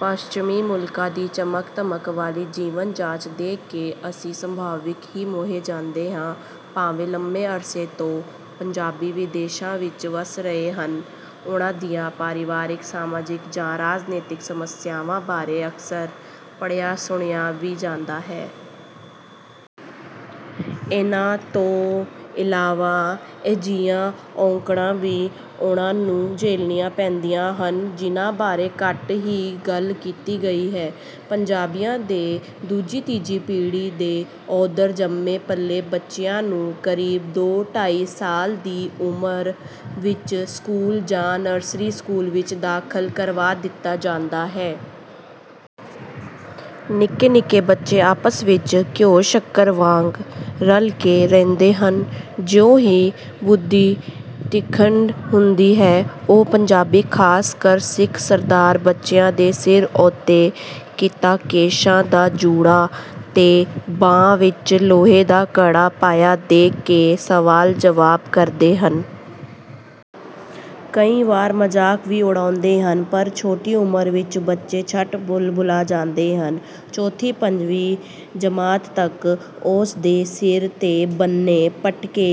ਪੱਛਮੀ ਮੁਲਕਾਂ ਦੀ ਚਮਕ-ਦਮਕ ਵਾਲੀ ਜੀਵਨ ਜਾਚ ਦੇਖ ਕੇ ਅਸੀਂ ਸੁਭਾਵਿਕ ਹੀ ਮੋਹੇ ਜਾਂਦੇ ਹਾਂ। ਭਾਵੇਂ ਲੰਮੇ ਅਰਸੇ ਤੋਂ ਪੰਜਾਬੀ ਵਿਦੇਸ਼ਾਂ ਵਿੱਚ ਵਸ ਰਹੇ ਹਨ। ਉਨ੍ਹਾਂ ਦੀਆਂ ਪਰਿਵਾਰਕ, ਸਮਾਜਿਕ ਜਾਂ ਰਾਜਨੀਤਕ ਸਮੱਸਿਆਵਾਂ ਬਾਰੇ ਅਕਸਰ ਪੜਿ੍ਹਆ-ਸੁਣਿਆ ਵੀ ਜਾਂਦਾ ਹੈ। ਇਨ੍ਹਾਂ ਤੋਂ ਇਲਾਵਾ ਅਜਿਹੀਆਂ ਔਕੜਾਂ ਵੀ ਉਨ੍ਹਾਂ ਨੂੰ ਝੱਲਣੀਆਂ ਪੈਂਦੀਆਂ ਹਨ ਜਿਨ੍ਹਾਂ ਬਾਰੇ ਘੱਟ ਹੀ ਗੱਲ ਕੀਤੀ ਗਈ ਹੈ। ਪੰਜਾਬੀਆਂ ਦੇ ਦੂਜੀ-ਤੀਜੀ ਪੀੜ੍ਹੀ ਦੇ ਉੱਧਰ ਜੰਮੇ-ਪਲੇ ਬੱਚਿਆਂ ਨੂੰ ਕਰੀਬ ਦੋ-ਢਾਈ ਸਾਲ ਦੀ ਉਮਰ ਵਿੱਚ ਸਕੂਲ ਜਾਂ ਨਰਸਰੀ ਸਕੂਲ ਵਿੱਚ ਦਾਖਲ ਕਰਵਾ ਦਿੱਤਾ ਜਾਂਦਾ ਹੈ। ਨਿੱਕੇ-ਨਿੱਕੇ ਬੱਚੇ ਆਪਸ ਵਿੱਚ ਘਿਓ ਸ਼ੱਕਰ ਵਾਂਗ ਰਲਕੇ ਰਹਿੰਦੇ ਹਨ। ਜਿਉਂ ਹੀ ਬੁੱਧੀ ਤੀਖਣ ਹੁੰਦੀ ਹੈ ਉਹ ਪੰਜਾਬੀ ਖ਼ਾਸ ਕਰ ਸਿੱਖ ਸਰਦਾਰ ਬੱਚਿਆਂ ਦੇ ਸਿਰ ਉੱਤੇ ਕੀਤਾ ਕੇਸਾਂ ਦਾ ਜੂੜਾ ਤੇ ਬਾਂਹ ਵਿੱਚ ਲੋਹੇ ਦਾ ਕੜਾ ਪਾਇਆ ਦੇਖ ਕੇ ਸਵਾਲ-ਜਵਾਬ ਕਰਦੇ ਹਨ। ਕਈ ਵਾਰ ਮਜ਼ਾਕ ਵੀ ਉਡਾਉਂਦੇ ਹਨ, ਪਰ ਛੋਟੀ ਉਮਰ ਵਿੱਚ ਬੱਚੇ ਝੱਟ ਭੁੱਲ-ਭੁਲਾ ਜਾਂਦੇ ਹਨ। ਚੌਥੀ-ਪੰਜਵੀਂ ਜਮਾਤ ਤੱਕ ਉਸ ਦੇ ਸਿਰ 'ਤੇ ਬੰਨ੍ਹੇ ਪਟਕੇ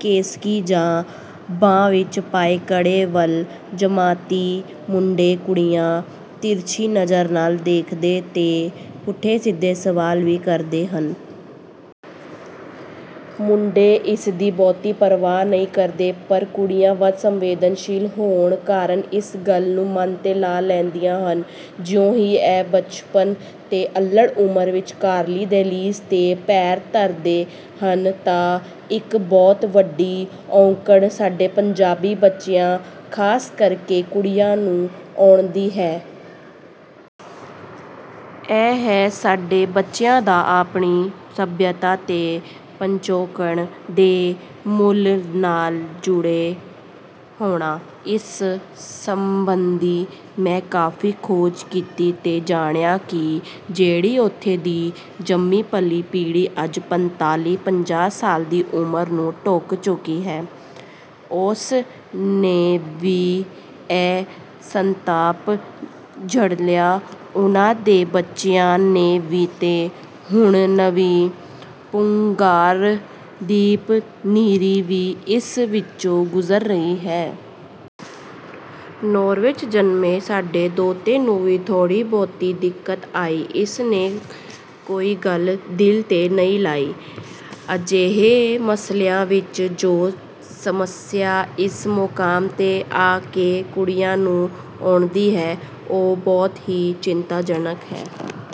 ਕੇਸਕੀ ਜਾਂ ਬਾਂਹ ਵਿੱਚ ਪਾਏ ਕੜੇ ਵੱਲ ਜਮਾਤੀ ਮੁੰਡੇ-ਕੁੜੀਆਂ ਤਿਰਛੀ ਨਜ਼ਰ ਨਾਲ ਦੇਖਦੇ ਤੇ ਪੁੱਠੇ-ਸਿੱਧੇ ਸਵਾਲ ਵੀ ਕਰਦੇ ਹਨ। ਮੁੰਡੇ ਇਸ ਦੀ ਬਹੁਤੀ ਪਰਵਾਹ ਨਹੀਂ ਕਰਦੇ, ਪਰ ਕੁੜੀਆਂ ਵੱਧ ਸੰਵੇਦਨਸ਼ੀਲ ਹੋਣ ਕਾਰਨ ਇਸ ਗੱਲ ਨੂੰ ਮਨ 'ਤੇ ਲਾ ਲੈਂਦੀਆਂ ਹਨ। ਜਿਉਂ ਹੀ ਇਹ ਬਚਪਨ ਤੇ ਅੱਲੜ੍ਹ ਉਮਰ ਵਿਚਕਾਰਲੀ ਦਹਿਲੀਜ਼ 'ਤੇ ਪੈਰ ਧਰਦੇ ਹਨ ਤਾਂ ਇੱਕ ਬਹੁਤ ਵੱਡੀ ਔਕੜ ਸਾਡੇ ਪੰਜਾਬੀ ਬੱਚਿਆਂ ਖ਼ਾਸ ਕਰ ਕੁੜੀਆਂ ਨੂੰ ਆਉਂਦੀ ਹੈ। ਇਹ ਹੈ ਸਾਡੇ ਬੱਚਿਆਂ ਦਾ ਆਪਣੀ ਸੱਭਿਅਤਾ ਤੇ ਪਿਛੋਕੜ ਦੇ ਮੂਲ ਨਾਲ ਜੁੜੇ ਹੋਣਾ। ਇਸ ਸਬੰਧੀ ਮੈਂ ਕਾਫ਼ੀ ਖੋਜ ਕੀਤੀ ਤੇ ਜਾਣਿਆ ਕਿ ਜਿਹੜੀ ਉੱਥੇ ਦੀ ਜੰਮੀ ਪਲੀ ਪੀੜ੍ਹੀ, ਅੱਜ ਪੰਝਤਾਲੀ-ਪੰਜਾਹ ਸਾਲ ਦੀ ਉਮਰ ਨੂੰ ਢੁੱਕ ਚੁੱਕੀ ਹੈ, ਉਸ ਨੇ ਵੀ ਇਹ ਸੰਤਾਪ ਝੱਲਿਆ, ਉਨ੍ਹਾਂ ਦੇ ਬੱਚਿਆਂ ਨੇ ਵੀ ਤੇ ਹੁਣ ਨਵੀਂ ਪੁੰਗਰਦੀਪਨੀਰੀ ਵੀ ਇਸ ਵਿੱਚੋਂ ਗੁਜ਼ਰ ਰਹੀ ਹੈ। ਨੌਰਵੇ 'ਚ ਜਨਮੇ ਸਾਡੇ ਦੋਹਤੇ ਨੂੰ ਵੀ ਥੋੜ੍ਹੀ ਬਹੁਤੀ ਦਿੱਕਤ ਆਈ। ਉਸ ਨੇ ਕੋਈ ਗੱਲ ਦਿਲ 'ਤੇ ਨਹੀਂ ਲਾਈ। ਅਜਿਹੇ ਮਸਲਿਆਂ ਵਿੱਚ ਜੋ ਸਮੱਸਿਆ ਇਸ ਮੁਕਾਮ 'ਤੇ ਆ ਕੇ ਕੁੜੀਆਂ ਨੂੰ ਆਉਂਦੀ ਹੈ ਉਹ ਬਹੁਤ ਹੀ ਚਿੰਤਾਜਨਕ ਹੈ।